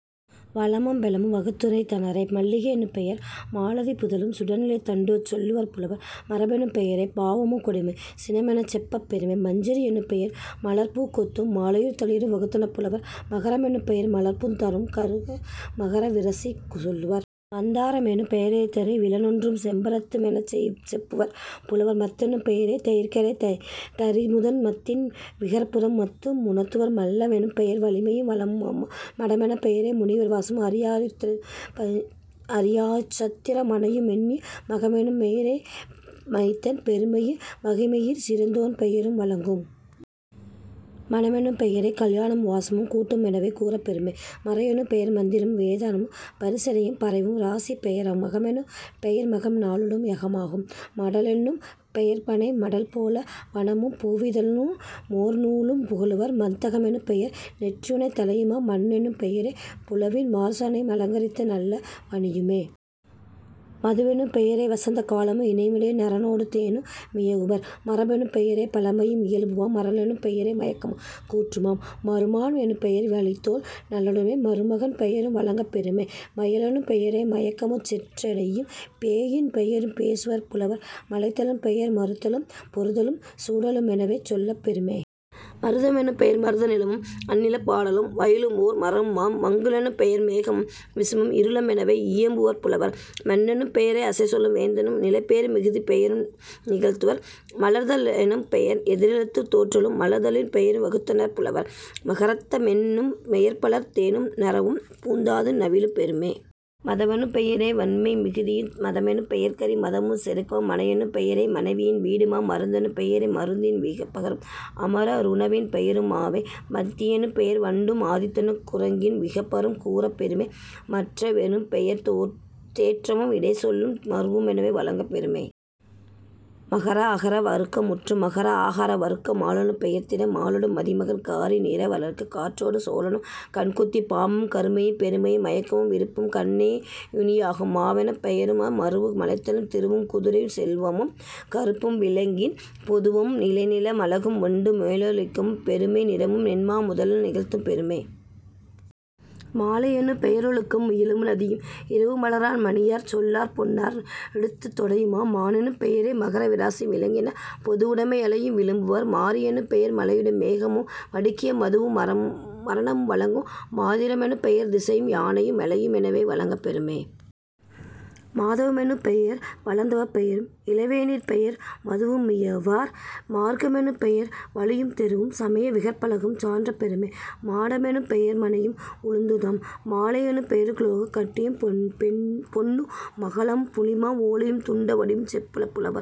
வளமும் பெலமும் வகுத்துரைத் தனரே..... மல்லிகை யெனும்பெயர் மாலதிப் புதலும் சுடர்நிலைத் தண்டுஞ் சொல்லுவர் புலவர்..... மறமெனும் பெயரே பாவமும் கொடுமையும் சினமு மெனவே செப்பப் பெறுமே..... மஞ்சரி யெனும்பெயர் மலர்ப்பூங் கொத்தும் மாலையுந் தளிரும் வகுத்தனர் புலவர்..... மகர மெனும்பெயர் மலர்ப்பூந் தாதும் கறவு மகர விராசியுஞ் சொல்லுவர்..... மந்தார மெனும்பெய ரைந்தரு விலொன்றும் செம்பரத் தையுமெனச் செப்புவர் புலவர்..... மத்தெனும் பெயரே தயிர்கடை தறிமுதன் மத்தின் விகற்பமு மத்து முணர்த்துவர்..... மல்ல லெனும்பெயர் வலிமையும் வளமுமாம்..... மடமெனும் பெயரே முனிவர் வாசமும் அறியாமை யுஞ்சத்திர மனையு மென்மையும்..... மகனெனும் பெயரே மைந்தன் பெருமையும் மகிமையிற் சிறந்தோன் பெயரும் வழங்கும்..... மணமெனும் பெயரே கல்யாணமும் வாசமும் கூட்டமு மெனவே கூறப் பெறுமே..... மறையெனும் பெயர்மந் திரமும் வேதமும் பரிசையு மறைவும் ராசியப் பெயருமாம்..... மகமெனும் பெயர்மக நாளுடன் யாகமாம்..... மடலெனும் பெயர்பனை மடல்போல் வனவும் பூவி னிதழு மோர்நூலும் புகலுவர்..... மத்தக மெனும்பெயர் நெற்றியுந் தலையுமாம்..... மண்ணெனும் பெயரே முழவின் மார்ச்சனையும் அலங்கரித்தலு நல்ல வனியு மாமே..... மதுவெனும் பெயரே வசந்த காலமும் இனிமையு நறவொடு தேனு மியம்புவர்..... மரபெனும் பெயரே பழமையும் இயல்புமாம்..... மறலெனும் பெயரே மயக்கமும் கூற்றுமாம்..... மருமான் எனும்பெயர் வழித்தோன் றலுடனே மருமகன் பெயரும் வழங்கப் பெறுமே..... மயலெனும் பெயரே மயக்கமும் செற்றையும் பேயின் பெயரும் பேசுவர் புலவர்..... மலைத லெனும்பெயர் மறுத்தலும் பொருதலும் சூடலு மெனவே சொல்லப் பெறுமே..... மருத மெனும்பெயர் மருத நிலமும் அந்நிலப் பாடலும் வயலுமோர் மரமுமாம்..... மங்கு லெனும்பெயர் மேகமும் விசும்பும் இருளு மெனவே இயம்புவர் புலவர்..... மன்னெனும் பெயரே அசைச்சொலும் வேந்தனும் நிலைபேறு மிகுதிப் பெயரு நிகழ்த்துவர்..... மலர்தல் எனும்பெயர் எதிர்தலுந் தோன்றலும் மலர்தலின் பெயரும் வகுத்தனர் புலவர்..... மகரந்த மென்னும் பெயர்மலர்த் தேனும் நறவும் பூந்தாது நவிலப் பெறுமே..... மதவெனும் பெயரே வன்மையு மிகுதியும்..... மதமெனும் பெயர்கரி மதமும் செருக்குமாம்..... மனையெனும் பெயரே மனைவியும் வீடுமாம்..... மருந்தெனும் பெயரே மருந்தின் விகற்பமும் அமர ருணவின் பெயரு மாமே..... மந்தி யெனும்பெயர் வண்டும் ஆதித்தனும் குரங்கின் விகற்பமும் கூறப் பெறுமே..... மன்ற வெனும்பெயர் தேற்றமும் இடைச்சொலும் மருவு மெனவே வழங்கப் பெறுமே..... மகர அகர வருக்கம் முற்றும். மகர ஆகார வருக்கம் மாலெனும் பெயர்திரு மாலொடு மதிமகன் காரிநிற வலாரியுங் காற்றொடு சோழனும் கண்குத்திப் பாம்பும் கருமையும் பெருமையும் மயக்கமும் விருப்பும் கண்ணே ணியுமாகும்..... மாவெனும் பெயரொரு மரமு மழைத்தலும் திருவுங் குதிரையும் செல்வமும் கறுப்பும் விலங்கின் பொதுவும் விளைநிலமு மழகும் வண்டு மோரிலக்கமும் பெருமை நிறமும் நென்மா முதலவு நிகழ்த்தப் பெறுமே..... மாலை யெனும்பெய ரொழுக்கமு மியல்பும் நதியும் இரவும் மலரான் மணியாற் சொல்லாற் பொன்னாற் றொடுத்திடு தொடையுமாம்.... மானெனும் பெயரே மகர விராசியும் விலங்கின் பொதுவுட னுழையையும் விளம்புவர்..... மாரி யெனும்பெயர் மழையு மேகமும் வடுகியு மதுவு மரணமும் வழங்கும்..... மாதிர மெனும்பெயர் திசையும் யானையும் மலையு மெனவே வழங்கப் பெறுமே..... மாதவ மெனும்பெயர் வளர்தவப் பெயரும் இளவேனிற் பெயரு மதுவு மியம்புவர்..... மார்க்க மெனும்பெயர் வழியுந் தெருவும் சமைய விகற்பமுஞ் சாற்றப் பெறுமே..... மாட மெனும்பெயர் மனையும் உழுந்துமாம்..... மாழை யெனும்பெயரு லோகக் கட்டியும் பொன்னு மழகும் புளிமாவும் ஓலையும் திரண்ட வடிவும் செப்புவர் புலவர்.